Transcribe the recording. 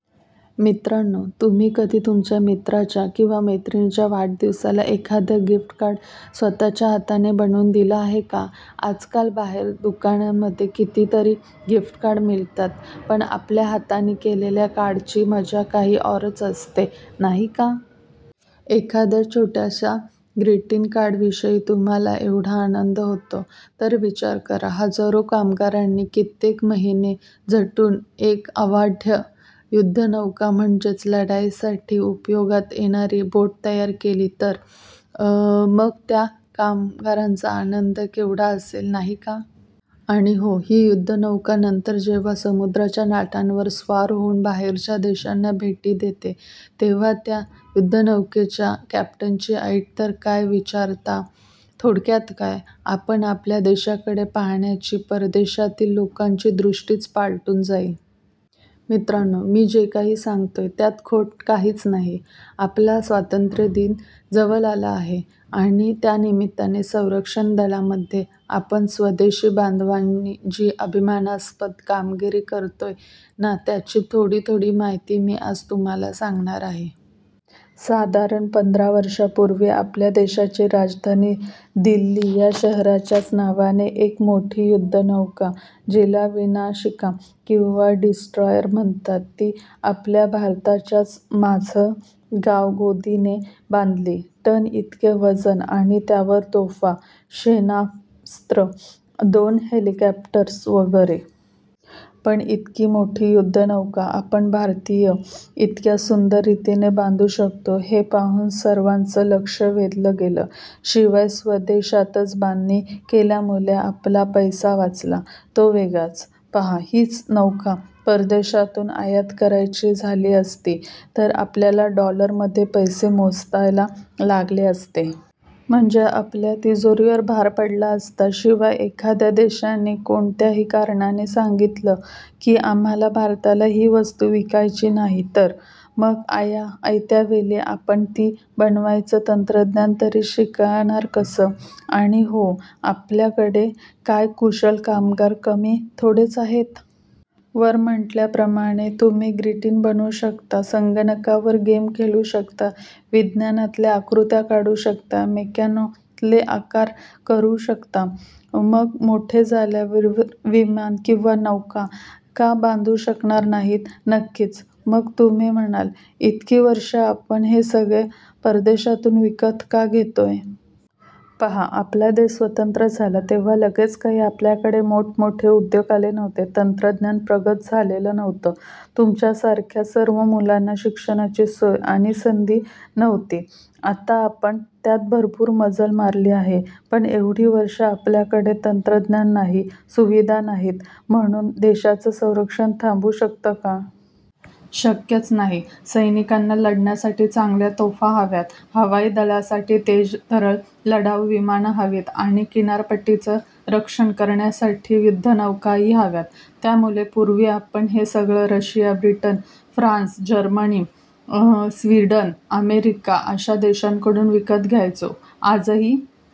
मित्रांनो, तुम्ही कधी तुमच्या मित्राच्या किंवा मैत्रिणीच्या वाढदिवसाला एखादं ग्रीटिंग कार्ड स्वतःच्या हाताने बनवून दिलं आहे का? आजकाल बाहेर दुकानांमध्ये कितीतरी ग्रीटिंग कार्ड मिळतात. पण आपल्या हातांनी केलेल्या कार्डाची मजा काही औरच असते, नाही का? एखाद्या छोट्याशा ग्रीटिंग कार्डाविषयी तुम्हाला एवढा आनंद होतो, तर विचार करा, हजारो कामगारांनी कित्येक महिने झटून एक अवाढव्य युद्धनौका म्हणजेच लढाईसाठी उपयोगात येणारी बोट तयार केली तर? मग त्या कामगारांचा आनंद केवढा असेल, नाही का? आणि हो, ही युद्धनौका नंतर जेव्हा समुद्राच्या लाटांवर स्वार होऊन बाहेरच्या देशांना भेटी देते, तेव्हा या युद्धनौकेच्या कॅप्टनची ऐट तर काय विचारता. थोडक्यात काय, तर आपल्या देशाकडे पाहण्याची परदेशातील लोकांची दृष्टीच पालटून जाईल. मित्रांनो, मी जे काही सांगतोय, त्यात खोटं काहीच नाही. आपला स्वातंत्र्यदिन जवळ आला आहे आणि त्यानिमित्ताने संरक्षण दलांमध्ये आपण स्वदेशी बांधणीची जी अभिमानास्पद कामगिरी करतोय ना, त्याची थोडी थोडी माहिती मी आज तुम्हाला सांगणार आहे. साधारण पंधरा वर्षांपूर्वी आपल्या देशाची राजधानी दिल्ली या शहराच्याच नावाने एक मोठी युद्धनौका, जिला विनाशिका किंवा डिस्ट्रॉयर म्हणतात, ती आपल्या भारताच्याच माझगाव गोदीने बांधली. टन इतकं वजन आणि त्यावर तोफा, क्षेपणास्त्र, दोन हेलिकॉप्टर्स वगैरे वगैरे. पण इतकी मोठी युद्धनौका आपण भारतीय इतक्या सुंदर रीतीने बांधू शकतो, हे पाहून सर्वांचं लक्ष वेधलं गेलं. शिवाय स्वदेशातच बांधणी केल्यामुळे आपला पैसा वाचला, तो वेगळाच. पहा, हीच नौका परदेशातून आयात करायची झाली असती, तर आपल्याला डॉलर्समध्ये पैसे मोजायला लागले असते. म्हणजे आपल्या तिजोरीवर भार पडला असता. शिवाय एखाद्या देशाने कोणत्याही कारणाने सांगितलं की आम्हाला भारताला ही वस्तू विकायची नाही, तर? मग आयत्या वेळी आपण ती बनवण्याचं तंत्रज्ञान तरी शिकणार कसं? आणि हो, आपल्याकडे काय कुशल कामगार कमी थोडेच आहेत. वर म्हटल्याप्रमाणे, तुम्ही ग्रीटिंग बनवू शकता, संगणकावर गेम खेळू शकता, विज्ञानातल्या आकृत्या काढू शकता, मेकॅनोतले आकार करू शकता, मग मोठे झाल्यावर विमानं किंवा नौका का बांधू शकणार नाही? नक्कीच. मग तुम्ही म्हणाल, इतकी वर्षं आपण हे सगळं परदेशातून विकत का घेतोय? पहा, आपला देश स्वतंत्र झाला, तेव्हा लगेच काही आपल्याकडे मोठमोठे उद्योग आले नव्हते, तंत्रज्ञान प्रगत झालेलं नव्हतं, तुमच्यासारख्या सर्व मुलांना शिक्षणाची सोय आणि संधी नव्हती. आता आपण त्यात भरपूर मजल मारली आहे. पण एवढी वर्षं आपल्याकडे तंत्रज्ञान नाही, सुविधा नाहीत, म्हणून देशाचं संरक्षण थांबू शकतं का? शक्यच नाही. सैनिकांना लढण्यासाठी चांगल्या तोफा हव्यात, हवाई दलासाठी तेजतर्रार लढाऊ विमानं हवीत आणि किनारपट्टीचं रक्षण करण्यासाठी युद्धनौकाही हव्यात. त्यामुळे पूर्वी आपण हे सगळं Russia, Britain, France, Germany, Sweden, America अशा देशांकडून विकत घ्यायचो. आजही